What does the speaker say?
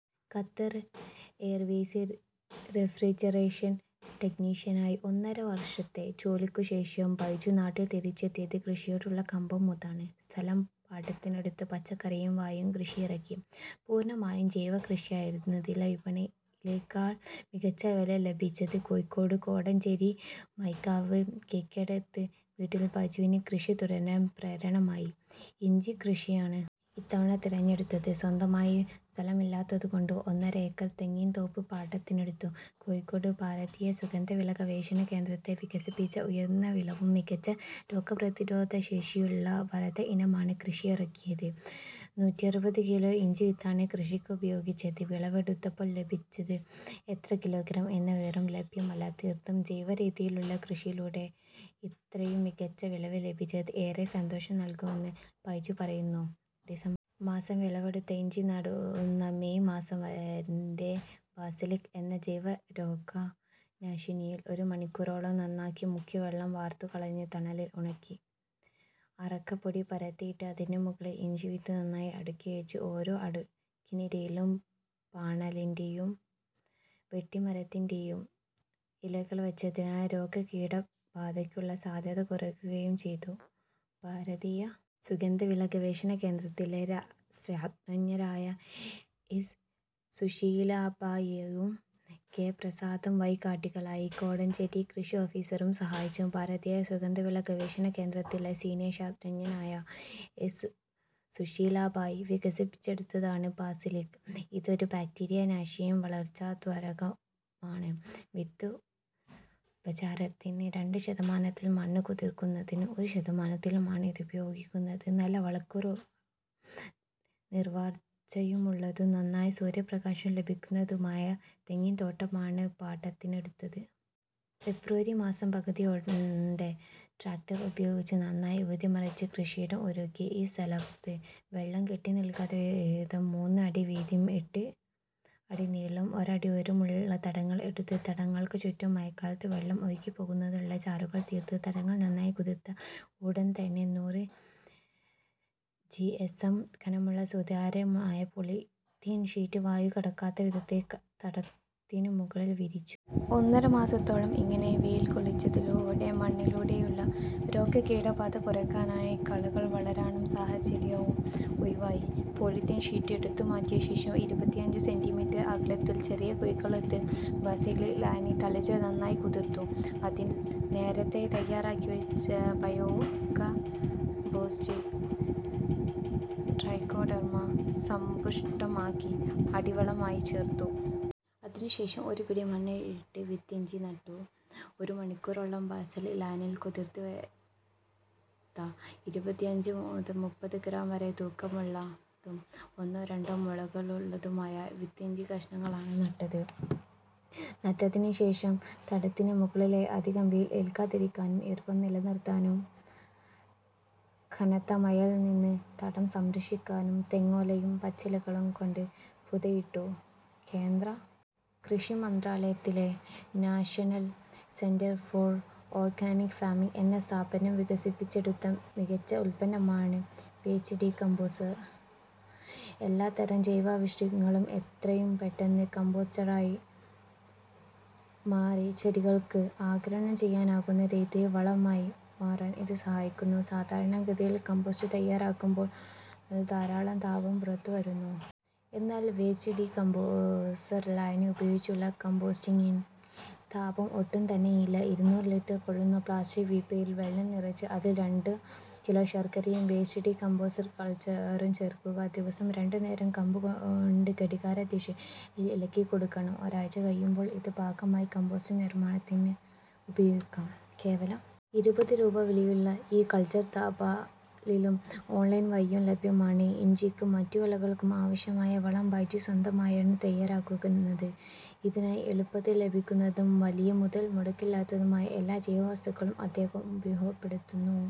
Qatar എയർവേസിൽ refrigeration ടെക്നീഷ്യനായി ഒന്നര വർഷത്തെ ജോലിക്കുശേഷം ബൈജു നാട്ടിൽ തിരിച്ചെത്തിയത് കൃഷിയോടുള്ള കമ്പം മൂത്താണ്. സ്ഥലം പാട്ടത്തിനെടുത്ത് പച്ചക്കറിയും വാഴയും കൃഷിയിറക്കി. പൂർണമായും ജൈവകൃഷിയായിരുന്നതിനാൽ വിപണിവിലയെക്കാൾ മികച്ച വില ലഭിച്ചത് കോഴിക്കോട് കോടഞ്ചേരി മൈക്കാവ് കിഴക്കേടത്ത് വീട്ടിൽ ബൈജുവിന് കൃഷി തുടരാൻ പ്രേരണയായി. ഇഞ്ചിക്കൃഷിയാണ് ഇത്തവണ തിരഞ്ഞെടുത്തത്. സ്വന്തമായി സ്ഥലമില്ലാത്തതുകൊണ്ട് ഒന്നര ഏക്കർ തെങ്ങിൻതോപ്പ് പാട്ടത്തിനെടുത്തു. കോഴിക്കോട് ഭാരതീയ സുഗന്ധവിള ഗവേഷണകേന്ദ്രത്തിൽ വികസിപ്പിച്ച ഉയർന്ന വിളവും മികച്ച രോഗപ്രതിരോധശേഷിയുമുള്ള വരദ ഇനമാണ് കൃഷിയിറക്കിയത്. നൂറ്ററുപത് കിലോ ഇഞ്ചിവിത്താണ് കൃഷിക്ക് ഉപയോഗിച്ചത്. വിളവെടുത്തപ്പോൾ ലഭിച്ചത് എത്ര കിലോഗ്രാം എന്ന വിവരം ലഭ്യമല്ല. തീർത്തും ജൈവരീതിയിലുള്ള കൃഷിയിലൂടെ ഇത്രയും മികച്ച വിളവ് ലഭിച്ചത് ഏറെ സന്തോഷം നൽകുന്നുവെന്ന് ബൈജു പറയുന്നു. ഡിസംബർ മാസം വിളവെടുത്ത ഇഞ്ചി നടുന്ന മേയ് മാസം വരെ ബാസിലിക് എന്ന ജൈവരോഗനാശിനിയിൽ ഒരു മണിക്കൂറോളം നന്നായി മുക്കി വെള്ളം വാർത്തുകളഞ്ഞ് തണലിൽ ഉണക്കി. അറക്കപ്പൊടി പരത്തിയിട്ട് അതിനു മുകളിൽ ഇഞ്ചിവിത്ത് നന്നായി അടുക്കിവച്ചു. ഓരോ അടുക്കിനിടയിലും പാണലിന്റെയും വെട്ടിമരത്തിന്റെയും ഇലകൾ വച്ചതിനാൽ രോഗകീടബാധയ്ക്കുള്ള സാധ്യത കുറയുകയും ചെയ്തു. ഭാരതീയ സുഗന്ധവിള ഗവേഷണകേന്ദ്രത്തിലെ ശാസ്ത്രജ്ഞരായ എസ് സുശീലാഭായിയും കെ പ്രസാദും വഴികാട്ടികളായി. കോടഞ്ചേരി കൃഷി ഓഫിസറും സഹായിച്ചു. ഭാരതീയ സുഗന്ധവിള ഗവേഷണകേന്ദ്രത്തിലെ സീനിയർ ശാസ്ത്രജ്ഞയായ എസ് സുശീലാഭായി വികസിപ്പിച്ചെടുത്തതാണ് ബാസിലിക്. ഇതൊരു ബാക്ടീരിയനാശിനിയും വളർച്ചാത്വരകവുമാണ്. വിത്തുപചാരത്തിന് രണ്ട് ശതമാനത്തിലും മണ്ണ് കുതിർക്കുന്നതിന് ഒരു ശതമാനത്തിലുമാണ് ഇത് ഉപയോഗിക്കുന്നത്. നല്ല വളക്കൂറും നീർവാർച്ചയുമുള്ളതും നന്നായി സൂര്യപ്രകാശം ലഭിക്കുന്നതുമായ തെങ്ങിൻതോട്ടമാണ് പാട്ടത്തിനെടുത്തത്. ഫെബ്രുവരി മാസം പകുതിയോടെ ട്രാക്ടർ ഉപയോഗിച്ച് നന്നായി ഉഴുതുമറിച്ച് കൃഷിയിടം ഒരുക്കി.ഈ സ്ഥലത്ത് വെള്ളം കെട്ടിനിൽക്കാത്തവിധം മൂന്ന് അടി വീതിയും എട്ട് അടി നീളവും ഒരടി ഉയരവുമുള്ള തടങ്ങൾ എടുത്തു. തടങ്ങൾക്കു ചുറ്റും മഴക്കാലത്ത് വെള്ളം ഒഴുകിപ്പോകുന്നതിനുള്ള ചാലുകളും തീർത്തു. തടങ്ങൾ നന്നായി കുതിർത്ത ഉടൻതന്നെ നൂറ് ജിഎസ്എം കനമുള്ള സുതാര്യമായ പോളിത്തീൻ ഷീറ്റ് വായു കടക്കാത്തവിധത്തിൽ തടത്തിനു മുകളിൽ വിരിച്ചു. ഒന്നര മാസത്തോളം ഇങ്ങനെ വെയിൽ കൊള്ളിച്ചതിലൂടെ മണ്ണിലൂടെയുള്ള രോഗകീടബാധ കുറയ്ക്കാനായി. കളകൾ വളരാനുള്ള സാഹചര്യവും ഒഴിവായി. പോളിത്തീൻ ഷീറ്റ് എടുത്തുമാറ്റിയ ശേഷം ഇരുപത്തിയഞ്ച് സെന്റിമീറ്റർ അകലത്തിൽ ചെറിയ കുഴികളെടുത്ത് ബാസിലിക് ലായനി തളിച്ച് നന്നായി കുതിർത്തു. അതിൽ നേരത്തേ തയാറാക്കിവച്ച ബയോകമ്പോസ്റ്റ് ട്രൈക്കോഡെർമ സമ്പുഷ്ടമാക്കി അടിവളമായി ചേർത്തു. അതിനുശേഷം ഒരുപിടി മണ്ണിട്ട് വിത്തിഞ്ചി നട്ടു.ഒരു മണിക്കൂറോളം ബാസിലിക് ലായനിയിൽ കുതിർത്ത ഇരുപത്തിയഞ്ച് മുതൽ മുപ്പത് ഗ്രാം വരെ തൂക്കമുള്ളതും ഒന്നോ രണ്ടോ മുളകളുള്ളതുമായ വിത്തിഞ്ചിക്കഷണങ്ങളാണ് നട്ടത്. നട്ടതിനുശേഷം തടത്തിനു മുകളിലായി അധികം വെയിൽ ഏൽക്കാതിരിക്കാനും ഈർപ്പം നിലനിർത്താനും കനത്ത മഴയിൽനിന്ന് തടം സംരക്ഷിക്കാനും തെങ്ങോലയും പച്ചിലകളുംകൊണ്ട് പുതയിട്ടു. കേന്ദ്ര കൃഷിമന്ത്രാലയത്തിലെ National Centre for Organic Farming എന്ന സ്ഥാപനം വികസിപ്പിച്ചെടുത്ത മികച്ച ഉൽപന്നമാണ് വേസ്റ്റ് ഡീ കമ്പോസർ. എല്ലാത്തരം ജൈവാവശിഷ്ടങ്ങളും എത്രയും പെട്ടെന്ന് കമ്പോസ്റ്റായി മാറി ചെടികൾക്ക് ആഗിരണം ചെയ്യാനാകുന്ന രീതിയിൽ വളമായി മാറാൻ ഇത് സഹായിക്കുന്നു. സാധാരണഗതിയിൽ കമ്പോസ്റ്റ് തയാറാക്കുമ്പോൾ ധാരാളം താപം പുറത്തുവരുന്നു. എന്നാൽ വേസ്റ്റ് ഡീ കമ്പോസർ ലായനി ഉപയോഗിച്ചുള്ള കമ്പോസ്റ്റിങ്ങിൽ താപം ഒട്ടുംതന്നെയില്ല. ഇരുനൂറ് ലീറ്റർ കൊള്ളുന്ന പ്ലാസ്റ്റിക് വീപ്പയിൽ വെള്ളം നിറച്ച് അതിൽ രണ്ട് കിലോ ശർക്കരയും വേസ്റ്റ് ഡീ കമ്പോസർ കൾച്ചറും ചേർക്കുക. ദിവസവും രണ്ടു നേരം കമ്പുകൊണ്ട് ഘടികാരദിശയിൽ ഇളക്കിക്കൊടുക്കണം. ഒരാഴ്ച കഴിയുമ്പോൾ ഇത് പാകമായി കമ്പോസ്റ്റ് നിർമാണത്തിന് ഉപയോഗിക്കാം. കേവലം ഇരുപത് രൂപ വിലയുള്ള ഈ കൾച്ചർ തപാലിലും ഓൺലൈൻ വഴിയും ലഭ്യമാണ്. ഇഞ്ചിക്കും മറ്റു വിളകൾക്കും ആവശ്യമായ വളം ബൈജു സ്വന്തമായാണ് തയാറാക്കുന്നത്. ഇതിനായി എളുപ്പത്തിൽ ലഭിക്കുന്നതും വലിയ മുതൽമുടക്കില്ലാത്തതുമായ എല്ലാ ജൈവവസ്തുക്കളും അദ്ദേഹം ഉപയോഗപ്പെടുത്തുന്നു.